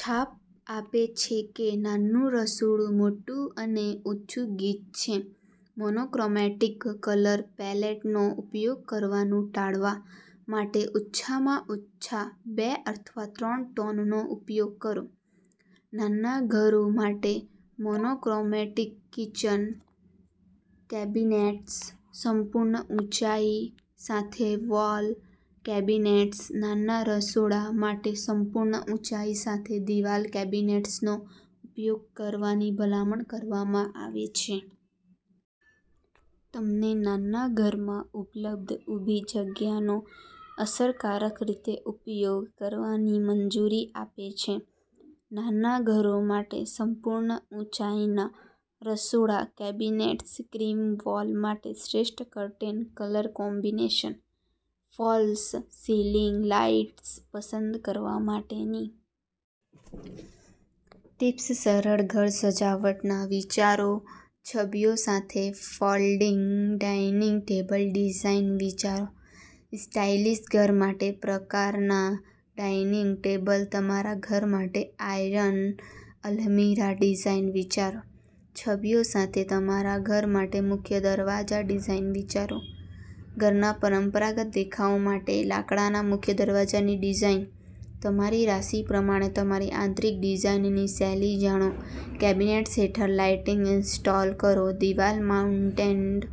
છાપ આપે છે કે નાનું રસોડું મોટું અને ઓછું ગીચ છે. મોનોક્રોમેટિક કલર પેલેટનો ઉપયોગ કરવાનું ટાળવા માટે ઓછામાં ઓછા બે અથવા ત્રણ ટોનનો ઉપયોગ કરો. નાના ઘરો માટે મોનોક્રોમેટિક કિચન કેબિનેટ્સ સંપૂર્ણ ઊંચાઈ સાથે વોલ કેબિનેટ્સ નાના રસોડા માટે, સંપૂર્ણ ઊંચાઈ સાથે દિવાલ કેબિનેટ્સનો ઉપયોગ કરવાની ભલામણ કરવામાં આવે છે. તમને નાના ઘરમાં ઉપલબ્ધ ઊભી જગ્યાનો અસરકારક રીતે ઉપયોગ કરવાની મંજૂરી આપે છે. નાના ઘરો માટે સંપૂર્ણ ઊંચાઈના રસોડા કેબિનેટ્સ ક્રીમ વોલ માટે શ્રેષ્ઠ curtain colour combination, false ceiling lights પસંદ કરવા માટેની ટિપ્સસરળ ઘર સજાવટના વિચારો, છબીઓ સાથે ફોલ્ડિંગ ડાઇનિંગ ટેબલ ડિઝાઇન વિચારો, સ્ટાઇલિશ ઘર માટે પ્રકારના ડાઇનિંગ ટેબલ, તમારા ઘર માટે આયર્ન અલ્મિરાહ ડિઝાઇન વિચારો, છબીઓ સાથે તમારા ઘર માટે મુખ્ય દરવાજા ડિઝાઇન વિચારો, ઘરના પરંપરાગત દેખાવ માટે લાકડાના મુખ્ય દરવાજાની ડિઝાઇન, તમારી રાશિ પ્રમાણે તમારી આંતરિક ડિઝાઇનની શૈલી જાણો, કેબિનેટ્સ હેઠળ લાઇટિંગ ઇન્સ્ટોલ કરો દિવાલ-માઉન્ટેડ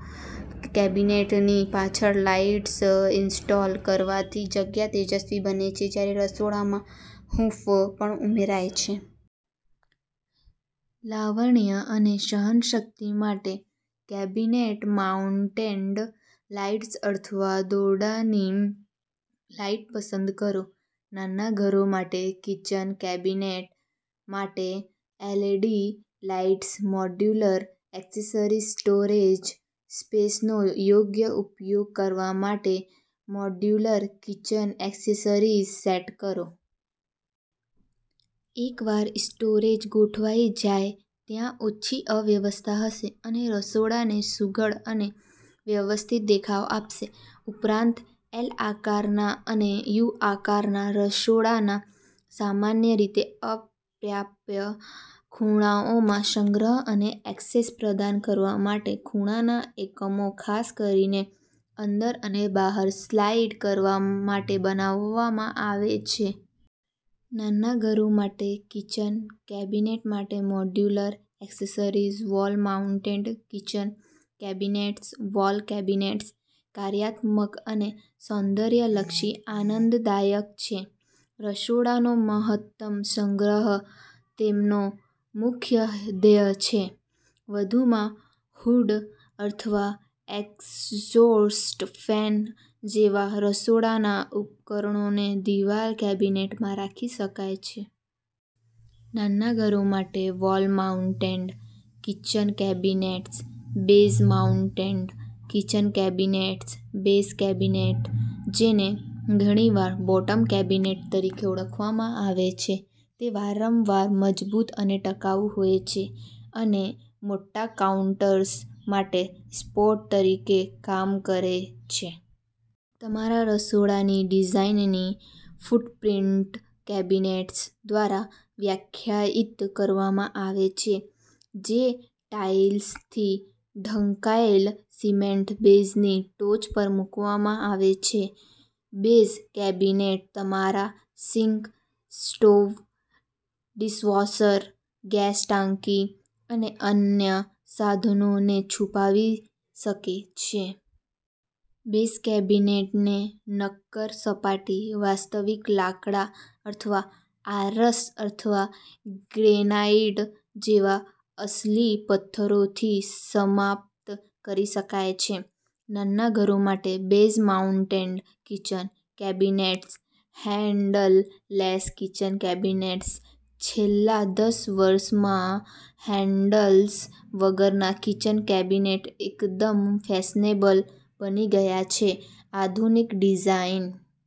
કેબિનેટની પાછળ લાઇટ્સ ઇન્સ્ટોલ કરવાથી જગ્યા તેજસ્વી બને છે જ્યારે રસોડામાં હૂંફ પણ ઉમેરાય છે. લાવણ્ય અને સહનશક્તિ માટે, કેબિનેટ માઉન્ટેડ લાઇટ અથવા દોરડાની લાઇટ પસંદ કરો. નાના ઘરો માટે કિચન કેબિનેટ માટે LED lights modular accessories storage સ્પેસનો યોગ્ય ઉપયોગ કરવા માટે, મોડ્યુલર કિચન એક્સેસરીઝ સેટ કરો. એકવાર સ્ટોરેજ ગોઠવાઈ જાય, ત્યાં ઓછી અવ્યવસ્થા હશે અને રસોડાને સુઘડ અને વ્યવસ્થિત દેખાવ આપશે. ઉપરાંત, એલ-આકારના અને યુ-આકારના રસોડાના સામાન્ય રીતે અપ્રાપ્ય ખૂણાઓમાં સંગ્રહ અને ઍક્સેસ પ્રદાન કરવા માટે, ખૂણાના એકમો ખાસ કરીને અંદર અને બહાર સ્લાઇડ કરવા માટે બનાવવામાં આવે છે. નાના ઘરો માટે કિચન કેબિનેટ માટે modular accessories wall mounted kitchen cabinets wall cabinets કાર્યાત્મક અને સૌંદર્યલક્ષી આનંદદાયક છે. રસોડાનો મહત્તમ સંગ્રહતેમનો મુખ્ય ધ્યેય છે. વધુમાં, હૂડ અથવા એક્ઝોસ્ટ ફેન જેવા રસોડાના ઉપકરણોને દિવાલ કેબિનેટમાં રાખી શકાય છે. નાના ઘરો માટે wall mounted kitchen cabinets base mounted kitchen cabinets base cabinet, જેને ઘણીવાર બોટમ કેબિનેટ તરીકે ઓળખવામાં આવે છે, તે વારંવાર મજબૂત અને ટકાઉ હોય છે અને મોટા કાઉન્ટર્સ માટે સપોર્ટ તરીકે કામ કરે છે. તમારા રસોડાની ડિઝાઇનની ફૂટપ્રિન્ટકેબિનેટ્સ દ્વારા વ્યાખ્યાયિત કરવામાં આવે છે, જે ટાઇલ્સથી ઢંકાયેલ સિમેન્ટ બેઝની ટોચ પર મૂકવામાં આવે છે. બેઝ કેબિનેટ તમારા સિંક, સ્ટોવ, ડીશવોશર, ગેસ ટાંકી અને અન્ય સાધનોને છુપાવી શકે છે. બેઝ કેબિનેટને નક્કર સપાટી, વાસ્તવિક લાકડા અથવા આરસ અથવા ગ્રેનાઈટ જેવા અસલી પથ્થરોથી સમાપ્ત કરી શકાય છે. નાના ઘરો માટે base mounted kitchen cabinets handleless kitchen cabinets છેલ્લા દસ વર્ષમાં હેન્ડલ્સ વગરના કિચન કેબિનેટ એકદમ ફેશનેબલ બની ગયા છે. આધુનિક ડિઝાઈન,